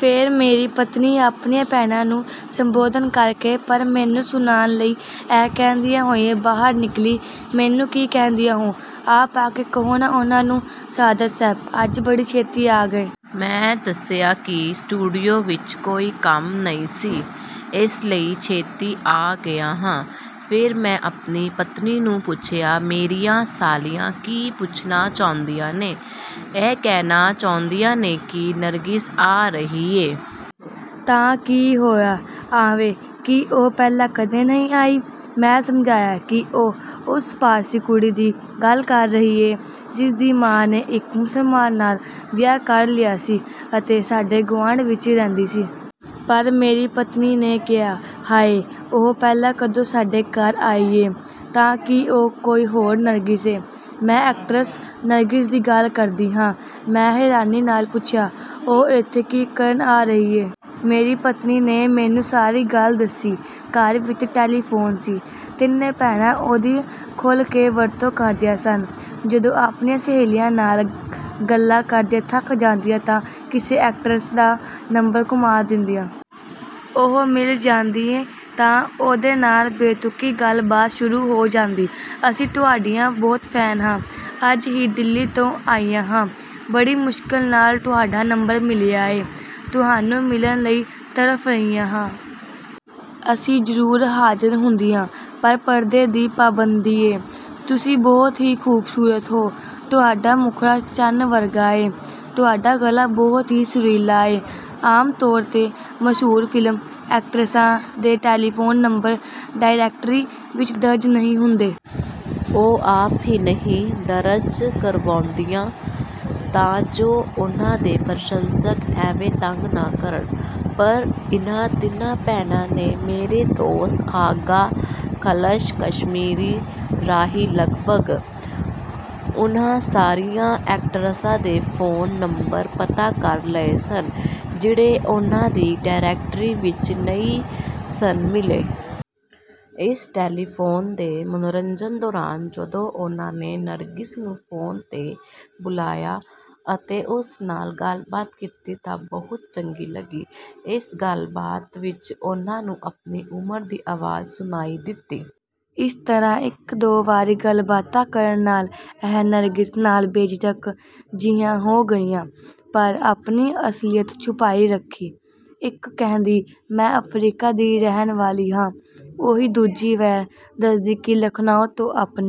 ਫਿਰ ਮੇਰੀ ਪਤਨੀ ਆਪਣੀਆਂ ਭੈਣਾਂ ਨੂੰ ਸੰਬੋਧਨ ਕਰਕੇ, ਪਰ ਮੈਨੂੰ ਸੁਣਾਉਣ ਲਈ ਇਹ ਕਹਿੰਦੀ ਹੋਈ ਬਾਹਰ ਨਿਕਲੀ, ਮੈਨੂੰ ਕੀ ਕਹਿੰਦੀਆਂ ਹੋ, ਆਪ ਆ ਕੇ ਕਹੋ ਨਾ ਉਨ੍ਹਾਂ ਨੂੰ। ਸਆਦਤ ਸਾਹਿਬ, ਅੱਜ ਬੜੀ ਛੇਤੀ ਆ ਗਏ? ਮੈਂ ਦੱਸਿਆ ਕਿ ਸਟੂਡੀਓ ਵਿੱਚ ਕੋਈ ਕੰਮ ਨਹੀਂ ਸੀ, ਇਸ ਲਈ ਛੇਤੀ ਆ ਗਿਆ ਹਾਂ। ਫਿਰ ਮੈਂ ਆਪਣੀ ਪਤਨੀ ਨੂੰ ਪੁੱਛਿਆ, ਮੇਰੀਆਂ ਸਾਲੀਆਂ ਕੀ ਪੁੱਛਣਾ ਚਾਹੁੰਦੀਆਂ ਨੇ? ਇਹ ਕਹਿਣਾ ਚਾਹੁੰਦੀਆਂ ਨੇ ਕਿ ਨਰਗਿਸ ਆ ਰਹੀ ਏ। ਤਾਂ ਕੀ ਹੋਇਆ, ਆਵੇ! ਕੀ ਉਹ ਪਹਿਲਾਂ ਕਦੇ ਨਹੀਂ ਆਈ? ਮੈਂ ਸਮਝਿਆ ਕਿ ਉਹ ਉਸ ਪਾਰਸੀ ਕੁੜੀ ਦੀ ਗੱਲ ਕਰ ਰਹੀ ਏ, ਜਿਸ ਦੀ ਮਾਂ ਨੇ ਇੱਕ ਮੁਸਲਮਾਨ ਨਾਲ ਵਿਆਹ ਕਰ ਲਿਆ ਸੀ ਅਤੇ ਸਾਡੇ ਗੁਆਂਢ ਵਿੱਚ ਰਹਿੰਦੀ ਸੀ। ਪਰ ਮੇਰੀ ਪਤਨੀ ਨੇ ਕਿਹਾ, ਹਾਏ! ਉਹ ਪਹਿਲਾਂ ਕਦੋਂ ਸਾਡੇ ਘਰ ਆਈ ਏ। ਤਾਂ ਕੀ ਉਹ ਕੋਈ ਹੋਰ ਨਰਗਿਸ ਏ? ਮੈਂ ਐਕਟਰਸ ਨਰਗਿਸ ਦੀ ਗੱਲ ਕਰਦੀ ਹਾਂ। ਮੈਂ ਹੈਰਾਨੀ ਨਾਲ ਪੁੱਛਿਆ, ਉਹ ਏਥੇ ਕੀ ਕਰਨ ਆ ਰਹੀ ਏ? ਮੇਰੀ ਪਤਨੀ ਨੇ ਮੈਨੂੰ ਸਾਰੀ ਗੱਲ ਦੱਸੀ। ਘਰ ਵਿੱਚ ਟੈਲੀਫੋਨ ਸੀ। ਤਿੰਨੇ ਭੈਣਾਂ ਉਹਦੀ ਖੁੱਲ੍ਹ ਕੇ ਵਰਤੋਂ ਕਰਦੀਆਂ ਸਨ। ਜਦੋਂ ਆਪਣੀਆਂ ਸਹੇਲੀਆਂ ਨਾਲ ਗੱਲਾਂ ਕਰਦੀਆਂ ਥੱਕ ਜਾਂਦੀਆਂ ਤਾਂ ਕਿਸੇ ਐਕਟਰਸ ਦਾ ਨੰਬਰ ਘੁਮਾ ਦਿੰਦੀਆਂ। ਉਹ ਮਿਲ ਜਾਂਦੀ ਤਾਂ ਉਹਦੇ ਨਾਲ ਬੇਤੁਕੀ ਗੱਲਬਾਤ ਸ਼ੁਰੂ ਹੋ ਜਾਂਦੀ। ਅਸੀਂ ਤੁਹਾਡੀਆਂ ਬਹੁਤ ਫੈਨ ਹਾਂ। ਅੱਜ ਹੀ ਦਿੱਲੀ ਤੋਂ ਆਈਆਂ ਹਾਂ। ਬੜੀ ਮੁਸ਼ਕਲ ਨਾਲ ਤੁਹਾਡਾ ਨੰਬਰ ਮਿਲਿਆ ਏ। ਤੁਹਾਨੂੰ ਮਿਲਣ ਲਈ ਤੜਫ਼ ਰਹੀਆਂ ਹਾਂ। ਅਸੀਂ ਜ਼ਰੂਰ ਹਾਜ਼ਰ ਹੁੰਦੀਆਂ, ਪਰ ਪਰਦੇ ਦੀ ਪਾਬੰਦੀ ਏ। ਤੁਸੀਂ ਬਹੁਤ ਹੀ ਖੂਬਸੂਰਤ ਹੋ। ਤੁਹਾਡਾ ਮੁਖੜਾ ਚੰਨ ਵਰਗਾ ਏ। ਤੁਹਾਡਾ ਗਲਾ ਬਹੁਤ ਹੀ ਸੁਰੀਲਾ ਏ। ਆਮ ਤੌਰ 'ਤੇ ਮਸ਼ਹੂਰ ਫ਼ਿਲਮ ਐਕਟਰਸਾਂ ਦੇ ਟੈਲੀਫੋਨ ਨੰਬਰ ਡਾਇਰੈਕਟਰੀ ਵਿੱਚ ਦਰਜ ਨਹੀਂ ਹੁੰਦੇ। ਉਹ ਆਪ ਹੀ ਨਹੀਂ ਦਰਜ ਕਰਵਾਉਂਦੀਆਂ ਤਾਂ ਜੋ ਉਨ੍ਹਾਂ ਦੇ ਪ੍ਰਸ਼ੰਸਕ ਐਵੇਂ ਤੰਗ ਨਾ ਕਰਨ। ਪਰ ਇਨ੍ਹਾਂ ਤਿੰਨਾਂ ਭੈਣਾਂ ਨੇ ਮੇਰੇ ਦੋਸਤ ਆਗਾ ਖ਼ਲਸ਼ ਕਾਸ਼ਮੀਰੀ ਰਾਹੀਂ ਲਗਭਗ ਉਨ੍ਹਾਂ ਸਾਰੀਆਂ ਐਕਟਰਸਾਂ ਦੇ ਫੋਨ ਨੰਬਰ ਪਤਾ ਕਰ ਲਏ ਸਨ, ਜਿਹੜੇ ਉਨ੍ਹਾਂ ਨੂੰ ਡਾਇਰੈਕਟਰੀ ਵਿੱਚ ਨਹੀਂ ਸਨ ਮਿਲੇ। ਇਸ ਟੈਲੀਫੋਨ ਦੇ ਮਨੋਰੰਜਨ ਦੌਰਾਨ ਜਦੋਂ ਉਨ੍ਹਾਂ ਨੇ ਨਰਗਿਸ ਨੂੰ ਫੋਨ 'ਤੇ ਬੁਲਾਇਆ ਅਤੇ ਉਸ ਨਾਲ ਗੱਲਬਾਤ ਕੀਤੀ ਤਾਂ ਬਹੁਤ ਚੰਗੀ ਲੱਗੀ। ਇਸ ਗੱਲਬਾਤ ਵਿੱਚ ਉਨ੍ਹਾਂ ਨੂੰ ਆਪਣੀ ਉਮਰ ਦੀ ਆਵਾਜ਼ ਸੁਣਾਈ ਦਿੱਤੀ। ਇਸ ਤਰ੍ਹਾਂ ਇੱਕ ਦੋ ਵਾਰੀ ਗੱਲਾਂਬਾਤਾਂ ਕਰਨ ਨਾਲ ਇਹ ਨਰਗਿਸ ਨਾਲ ਬੇਝਿਜਕ ਜਿਹੀਆਂ ਹੋ ਗਈਆਂ, ਪਰ ਆਪਣੀ ਅਸਲੀਅਤ ਛੁਪਾਈ ਰੱਖੀ। ਇੱਕ ਕਹਿੰਦੀ ਮੈਂ ਅਫ਼ਰੀਕਾ ਦੀ ਰਹਿਣ ਵਾਲੀ ਹਾਂ। ਉਹੀ ਦੂਜੀ ਵੇਰ ਦੱਸਦੀ ਕਿ ਲਖਨਊ ਤੋਂ ਆਪਣੀ